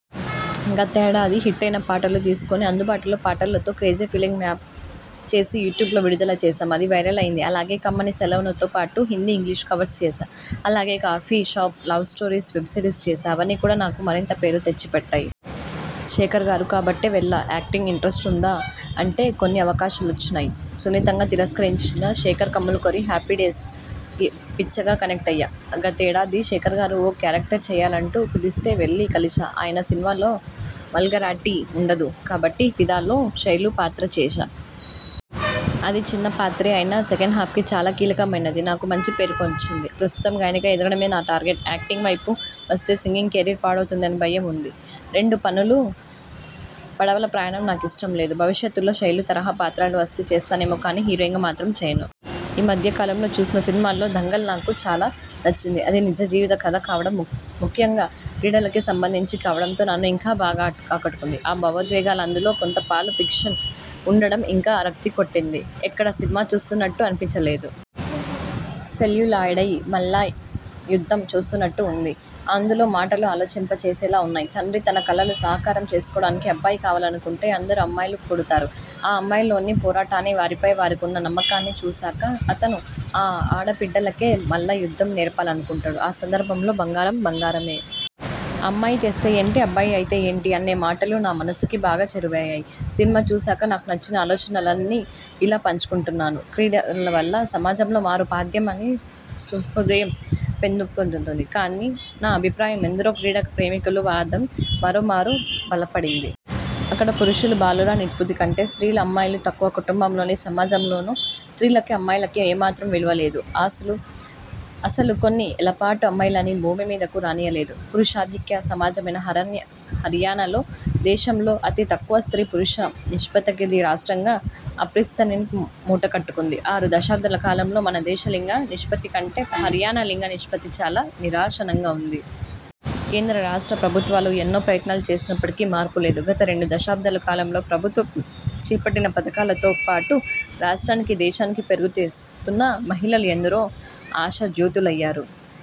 గతేడాది హిట్టైన పాటలు తీసుకుని అందులో పాటలతో 'క్రేజీ ఫీలింగ్' 'మ్యాషప్' చేసి యూ ట్యూబ్లో విడుదల చేశాం. అది వైరల్ అయింది. అలాగే 'కమ్మనీ', 'సెలవనుకో'తోపాటు హిందీ, ఇంగ్లి్షలో కవర్స్ చేశా. అలాగే 'కాఫీషాప్ లవ్స్టోరీస్' వెబ్సిరీస్ చేశా. అవన్నీ కూడా నాకు మరింత పేరు తెచ్చిపెట్టాయి. శేఖర్గారు కాబట్టే వెళ్లా యాక్టింగ్ ఇంట్రెస్ట్ ఉందా అంటే కొన్ని అవకాశాలొచ్చాయి. సున్నితంగా తిరస్కరించా. శేఖర్ కమ్ములగారి 'హ్యాపీడే్స'కి పిచ్చగా కనెక్ట్ అయ్యా. గతేడాది శేఖర్గారు ఓ క్యారెక్టర్ చెయ్యాలంటూ పిలిస్తే వెళ్లి కలిశా. ఆయన సినిమాల్లో వల్గారిటీ ఉండదు కాబట్టి 'ఫిదా'లో శైలూ పాత్ర చేశా. అది చిన్న పాత్రే అయినా సెకెండా్ఫకి చాలా కీలకమైనది. నాకూ మంచి పేరొచ్చింది. ప్రస్తుతం గాయనిగా ఎదగడమే నా టార్గెట్. యాక్టింగ్ వైపు వస్తే సింగింగ్ కెరీర్ పాడవుతుందనే భయం ఉంది. రెండు పడవల ప్రయాణం నాకు ఇష్టం లేదు. భవిష్యత్తులో శైలూ తరహా పాత్రలు వస్తే చేస్తానేమో కానీ హీరోయిన్గా మాత్రం చెయ్యను. ఈ మధ్య కాలంలో చూసిన సినిమాల్లో దంగల్ నాకు చాలా నచ్చింది. అది నిజ జీవిత కథ కావడం. ముఖ్యంగా క్రీడలకి సంబంధించి కావడంతో నన్ను ఇంకా బాగా ఆకట్టుకుంది. ఆ భావోద్వేగాలు, అందులో కొంతపాలు ఫిక్షన్ ఉండడం ఇంకా రక్తి కట్టింది. ఎక్కడా సినిమా చూస్తున్నట్టు అనిపించ లేదు. సెల్యులాయిడ్పై మల్లయుద్ధం చూస్తున్నట్టు ఉంది. అందులో మాటలు ఆలోచింప చేసేలా ఉన్నాయి. తండ్రి తన కలలు సాకారం చేసుకోవడానికి అబ్బాయి కావాలనుకుంటే అందరూ అమ్మాయిలే పుడతారు. ఆ అమ్మాయిల్లోని పోరాటాన్ని, వారిపై వారికున్న నమ్మకాన్ని చూసాకా, అతను ఆ ఆడ బిడ్డలకే మల్లయుద్ధం నేర్పాలనుకుంటాడు. ఆ సందర్భంలో ''బంగారం బంగారమే. అమ్మాయి తెస్తే ఏంటి? అబ్బాయి అయితే ఏంటి? '' అనే మాటలు నా మనసుకి బాగా చేరువయ్యాయి. సినిమా చూసాక నాకు వచ్చిన ఆలోచనల్ని ఇలా పంచుకుంటున్నాను. క్రీడల వల్ల సమాజంలో మార్పు సాధ్యమనీ, సుహృద్భావం పెంపొందుతుందనీ నా అభిప్రాయం, ఎందరో క్రీడా ప్రేమికుల వాదం మరో మారు బలపడింది. అక్కడ పురుషులూ, బాలుర నిష్పత్తికంటే స్త్రీలు అమ్మాయిలు తక్కువ. కుటుంబంలోనూ, సమాజంలోనూ స్త్రీలకీ, అమ్మాయిలకీ ఏమాత్రం విలువలేదు. అసలు కొన్ని ఏళ్లపాటు అమ్మాయిలని భూమ్మీదకి రానీయలేదు పురుషాధిక్య సమాజమైన హర్యానాలో! దేశంలో అతి తక్కువ స్త్రీ పురుష నిష్పత్తిగల రాష్ట్రంగా అప్రతిష్ఠని మూటగట్టుకుంది. ఆరు దశాబ్దాల కాలంలో మన దేశ లింగ నిష్పత్తి కంటే హర్యానా లింగనిష్పత్తి చాలా నిరాశాజనకంగా ఉంది. కేంద్ర, రాష్ట్ర ప్రభుత్వాలు ఎన్నో ప్రయత్నాలు చేసినప్పటికీ మార్పు లేదు. గత రెండు దశాబ్దాల కాలంలో ప్రభుత్వం చేపట్టిన పథకాలతో పాటు; రాష్ట్రానికీ, దేశానికీ పేరుతెస్తున్న మహిళలు ఎందరో ఆశాజ్యోతులయ్యారు.